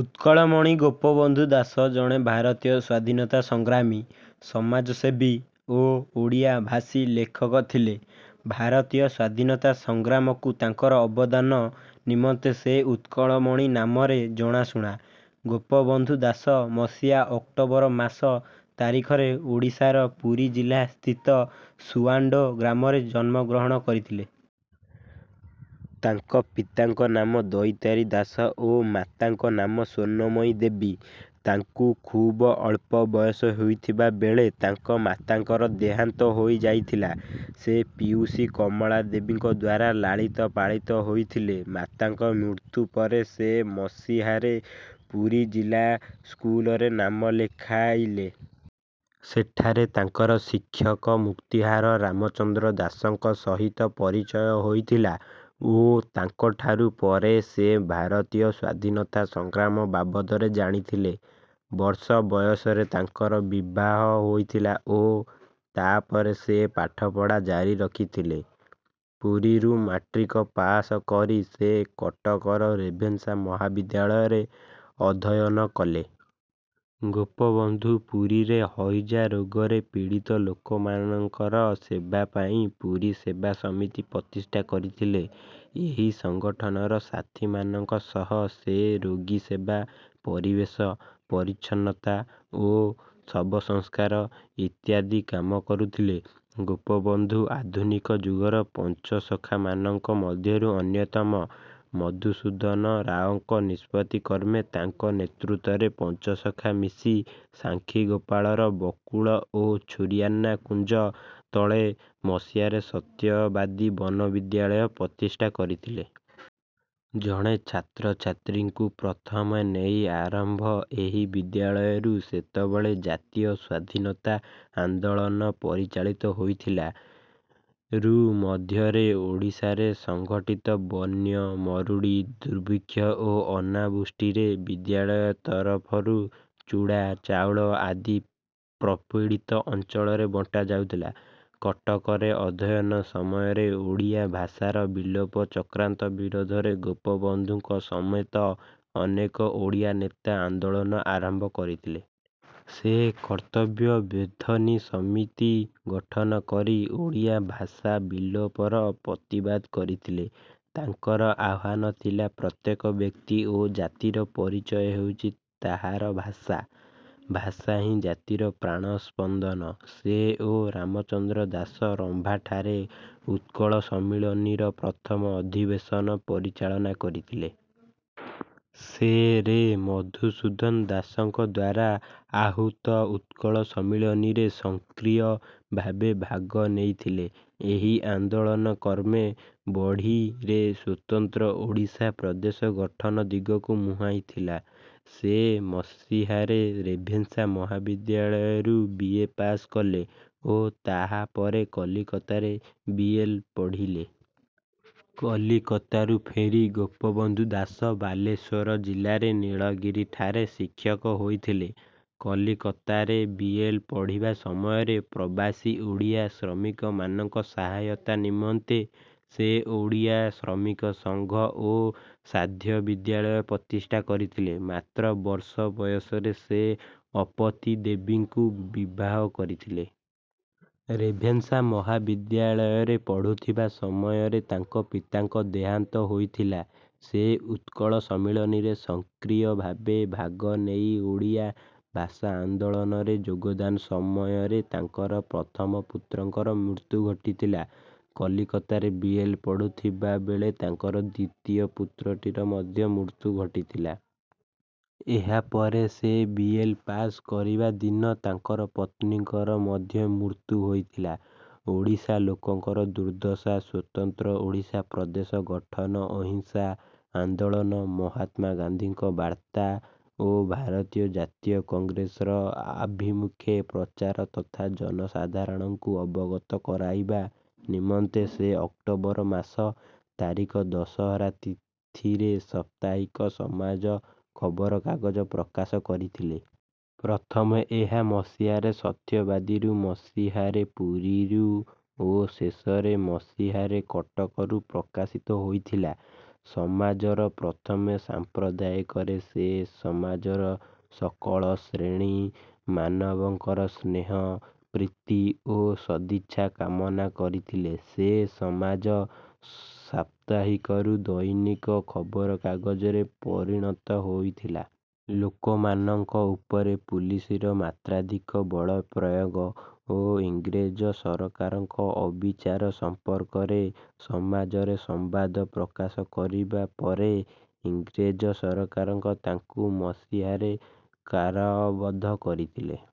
ଉତ୍କଳମଣି ଗୋପବନ୍ଧୁ ଦାସ ଜଣେ ଭାରତୀୟ ସ୍ୱାଧୀନତା ସଂଗ୍ରାମୀ, ସମାଜସେବୀ ଓ ଓଡ଼ିଆ-ଭାଷୀ ଲେଖକ ଥିଲେ। ଭାରତୀୟ ସ୍ୱାଧୀନତା ସଂଗ୍ରାମକୁ ତାଙ୍କର ଅବଦାନ ନିମନ୍ତେ ସେ "ଉତ୍କଳମଣି" ନାମରେ ଜଣାଶୁଣା। ଗୋପବନ୍ଧୁ ଦାସ ମସିହା ଅକ୍ଟୋବର ମାସ ତାରିଖରେ ଓଡ଼ିଶାର ପୁରୀ ଜିଲ୍ଲାସ୍ଥିତ ସୁଆଣ୍ଡୋ ଗ୍ରାମରେ ଜନ୍ମଗ୍ରହଣ କରିଥିଲେ। ତାଙ୍କ ପିତାଙ୍କ ନାମ ଦୈତାରି ଦାସ ଓ ମାତାଙ୍କ ନାମ ସ୍ୱର୍ଣ୍ଣମୟୀ ଦେବୀ। ତାଙ୍କୁ ଖୁବ ଅଳ୍ପ ବୟସ ହୋଇଥିବା ବେଳେ ତାଙ୍କ ମାତାଙ୍କର ଦେହାନ୍ତ ହୋଇଯାଇଥିଲା। ସେ ପିଉସୀ କମଳା ଦେବୀଙ୍କଦ୍ୱାରା ଲାଳିତ ପାଳିତ ହୋଇଥିଲେ। ମାତାଙ୍କ ମୃତ୍ୟୁ ପରେ ସେ ମସିହାରେ ପୁରୀ ଜିଲ୍ଲା ସ୍କୁଲରେ ନାମ ଲେଖାଇଲେ। ସେଠାରେ ତାଙ୍କର ଶିକ୍ଷକ ମୁକ୍ତିଆର ରାମଚନ୍ଦ୍ର ଦାସଙ୍କ ସହିତ ପରିଚୟ ହୋଇଥିଲା ଓ ତାଙ୍କଠାରୁ ପରେ ସେ ଭାରତୀୟ ସ୍ୱାଧୀନତା ସଂଗ୍ରାମ ବାବଦରେ ଜାଣିଥିଲେ। ବର୍ଷ ବୟସରେ ତାଙ୍କର ବିବାହ ହୋଇଥିଲା ଓ ତା'ପରେ ସେ ପାଠପଢ଼ା ଜାରିରଖିଥିଲେ। ପୁରୀରୁ ମାଟ୍ରିକ ପାସ କରି ସେ କଟକର ରେଭେନ୍ସା ମହାବିଦ୍ୟାଳୟରେ ଅଧ୍ୟୟନ କଲେ। ଗୋପବନ୍ଧୁ ପୁରୀରେ ହଇଜା ରୋଗରେ ପୀଡ଼ିତ ଲୋକମାନଙ୍କର ସେବା ପାଇଁ ପୁରୀ ସେବା ସମିତି ପ୍ରତିଷ୍ଠା କରିଥିଲେ। ଏହି ସଂଗଠନର ସାଥୀମାନଙ୍କ ସହ ସେ ରୋଗୀସେବା, ପରିବେଶ ପରିଚ୍ଛନ୍ନତା ଓ ଶବସଂସ୍କାର ଇତ୍ୟାଦି କାମ କରୁଥିଲେ। ଗୋପବନ୍ଧୁ ଆଧୁନିକ ଯୁଗର ପଞ୍ଚସଖାମାନଙ୍କ ମଧ୍ୟରୁ ଅନ୍ୟତମ। ମଧୁସୂଦନ ରାଓଙ୍କ ନିଷ୍ପତି କ୍ରମେ ତାଙ୍କ ନେତୃତ୍ୱରେ ପଞ୍ଚସଖା ମିଶି ସାକ୍ଷୀଗୋପାଳର ବକୁଳ ଓ ଛୁରିଆନା କୁଞ୍ଜ ତଳେ ମସିହାରେ ସତ୍ୟବାଦୀ ବନ ବିଦ୍ୟାଳୟ ପ୍ରତିଷ୍ଠା କରିଥିଲେ। ଜଣ ଛାତ୍ରଛାତ୍ରୀଙ୍କୁ ପ୍ରଥମେ ନେଇ ଆରମ୍ଭ ଏହି ବିଦ୍ୟାଳୟରୁ ସେତେବେଳେ ଜାତୀୟ ସ୍ୱାଧୀନତା ଆନ୍ଦୋଳନ ପରିଚାଳିତ ହେଉଥିଲା। ରୁ ମଧ୍ୟରେ ଓଡ଼ିଶାରେ ସଂଘଟିତ ବନ୍ୟା, ମରୁଡ଼ି, ଦୁର୍ଭିକ୍ଷ ଓ ଅନାବୃଷ୍ଟିରେ ବିଦ୍ୟାଳୟ ତରଫରୁ ଚୁଡ଼ା, ଚାଉଳ ଆଦି ପ୍ରପୀଡ଼ିତ ଅଞ୍ଚଳରେ ବଣ୍ଟାଯାଇଥିଲା। କଟକରେ ଅଧ୍ୟୟନ ସମୟରେ ଓଡ଼ିଆ ଭାଷାର ବିଲୋପ ଚକ୍ରାନ୍ତ ବିରୋଧରେ ଗୋପବନ୍ଧୁଙ୍କ ସମେତ ଅନେକ ଓଡ଼ିଆ ନେତା ଆନ୍ଦୋଳନ ଆରମ୍ଭ କରିଥିଲେ। ସେ କର୍ତ୍ତବ୍ୟ ବୋଧିନୀ ସମିତି ଗଠନ କରି ଓଡ଼ିଆ ଭାଷା ବିଲୋପର ପ୍ରତିବାଦ କରିଥିଲେ। ତାଙ୍କର ଆହ୍ୱାନ ଥିଲା "ପ୍ରତ୍ୟେକ ବ୍ୟକ୍ତି ଓ ଜାତିର ପରିଚୟ ହେଉଛି ତାହାର ଭାଷା। ଭାଷାହିଁ ଜାତିର ପ୍ରାଣସ୍ପନ୍ଦନ"। ସେ ଓ ରାମଚନ୍ଦ୍ର ଦାଶ ରମ୍ଭାଠାରେ ଉତ୍କଳ ସମ୍ମିଳନୀର ପ୍ରଥମ ଅଧିବେଶନ ପରିଚାଳନା କରିଥିଲେ। ସେ ରେ ମଧୁସୂଦନ ଦାସଙ୍କଦ୍ୱାରା ଆହୂତ ଉତ୍କଳ ସମ୍ମିଳନୀରେ ସକ୍ରିୟ ଭାବେ ଭାଗନେଇଥିଲେ। ଏହି ଆନ୍ଦୋଳନ କ୍ରମେ ବଢ଼ି ରେ ସ୍ୱତନ୍ତ୍ର ଓଡ଼ିଶା ପ୍ରଦେଶ ଗଠନ ଦିଗକୁ ମୁହାଁଇଥିଲା। ସେ ମସିହାରେ ରେଭେନ୍ସା ମହାବିଦ୍ୟାଳୟରୁ ବିଏ ପାସ କଲେ ଓ ତାହାପରେ କଲିକତାରେ ବିଏଲ ପଢ଼ିଲେ। କଲିକତାରୁ ଫେରି ଗୋପବନ୍ଧୁ ଦାସ ବାଲେଶ୍ୱର ଜିଲ୍ଲାର ନୀଳଗିରିଠାରେ ଶିକ୍ଷକ ହୋଇଥିଲେ। କଲିକତାରେ ବିଏଲ ପଢ଼ିବା ସମୟରେ ପ୍ରବାସୀ ଓଡ଼ିଆ ଶ୍ରମିକମାନଙ୍କ ସହାୟତା ନିମନ୍ତେ ସେ ଓଡ଼ିଆ ଶ୍ରମିକ ସଂଘ ଓ ସାନ୍ଧ୍ୟ ବିଦ୍ୟାଳୟ ପ୍ରତିଷ୍ଠା କରିଥିଲେ। ମାତ୍ର ବର୍ଷ ବୟସରେ ସେ ଅପତୀ ଦେବୀଙ୍କୁ ବିବାହ କରିଥିଲେ। ରେଭେନ୍ସା ମହାବିଦ୍ୟାଳୟରେ ପଢ଼ୁଥିବା ସମୟରେ ତାଙ୍କ ପିତାଙ୍କ ଦେହାନ୍ତ ହୋଇଥିଲା। ରେ ଉତ୍କଳ ସମ୍ମିଳନୀରେ ସକ୍ରିୟ ଭାବେ ଭାଗ ନେଇ ଓଡ଼ିଆ ଭାଷା ଆନ୍ଦୋଳନରେ ଯୋଗଦାନ ସମୟରେ ତାଙ୍କର ପ୍ରଥମ ପୁତ୍ରଙ୍କର ମୃତ୍ୟୁ ଘଟିଥିଲା। କଲିକତାରେ ବିଏଲ ପଢ଼ୁଥିବା ବେଳେ ତାଙ୍କର ଦ୍ୱିତୀୟ ପୁତ୍ରଟିର ମଧ୍ୟ ମୃତ୍ୟୁ ଘଟିଥିଲା। ଏହା ପରେ ସେ ବିଏଲ ପାସ କରିବା ଦିନ ତାଙ୍କ ପତ୍ନୀଙ୍କର ମଧ୍ୟ ମୃତ୍ୟୁ ହୋଇଥିଲା। ଓଡ଼ିଶା ଲୋକଙ୍କର ଦୁର୍ଦ୍ଦଶା, ସ୍ୱତନ୍ତ୍ର ଓଡ଼ିଶା ପ୍ରଦେଶ ଗଠନ, ଅହିଂସା ଆନ୍ଦୋଳନ, ମହାତ୍ମା ଗାନ୍ଧୀଙ୍କ ବାର୍ତ୍ତା ଓ ଭାରତୀୟ ଜାତୀୟ କଂଗ୍ରେସ ର ଆଭିମୁଖ୍ୟ ପ୍ରଚାର ତଥା ଜନସାଧାରଣଙ୍କୁ ଅବଗତ କରାଇବା ନିମନ୍ତେ ସେ ଅକ୍ଟୋବର ମାସ ତାରିଖ ଦଶହରା ତିଥିରେ ସାପ୍ତାହିକ "ସମାଜ " ଖବରକାଗଜ ପ୍ରକାଶ କରିଥିଲେ। ପ୍ରଥମେ ଏହା ମସିହାରେ ସତ୍ୟବାଦୀରୁ, ମସିହାରେ ପୁରୀରୁ ଓ ଶେଷରେ ମସିହାରେ କଟକରୁ ପ୍ରକାଶିତ ହେଉଥିଲା। ସମାଜ ର ପ୍ରଥମ ସମ୍ପାଦକୀୟରେ ସେ ସମାଜର ସକଳ ଶ୍ରେଣୀ ମାନବଙ୍କର ସ୍ନେହ, ପ୍ରୀତି ଓ ସଦିଚ୍ଛା କାମନାକରିଥିଲେ। ରେ " ସମାଜ " 'ସାପ୍ତାହିକରୁ ଦୈନିକ ଖବରକାଗଜରେ ପରିଣତ ହୋଇଥିଲା। ଲୋକମାନଙ୍କ ଉପରେ ପୁଲିସର ମାତ୍ରାଧିକ ବଳପ୍ରୟୋଗ ଓ ଇଂରେଜ ସରକାରଙ୍କ ଅବିଚାର ସମ୍ପର୍କରେ ସମାଜ ରେ ସମ୍ବାଦ ପ୍ରକାଶ କରିବା ପରେ ଇଂରେଜ ସରକାର ତାଙ୍କୁ ମସିହାରେ କାରାବଦ୍ଧ କରିଥିଲେ।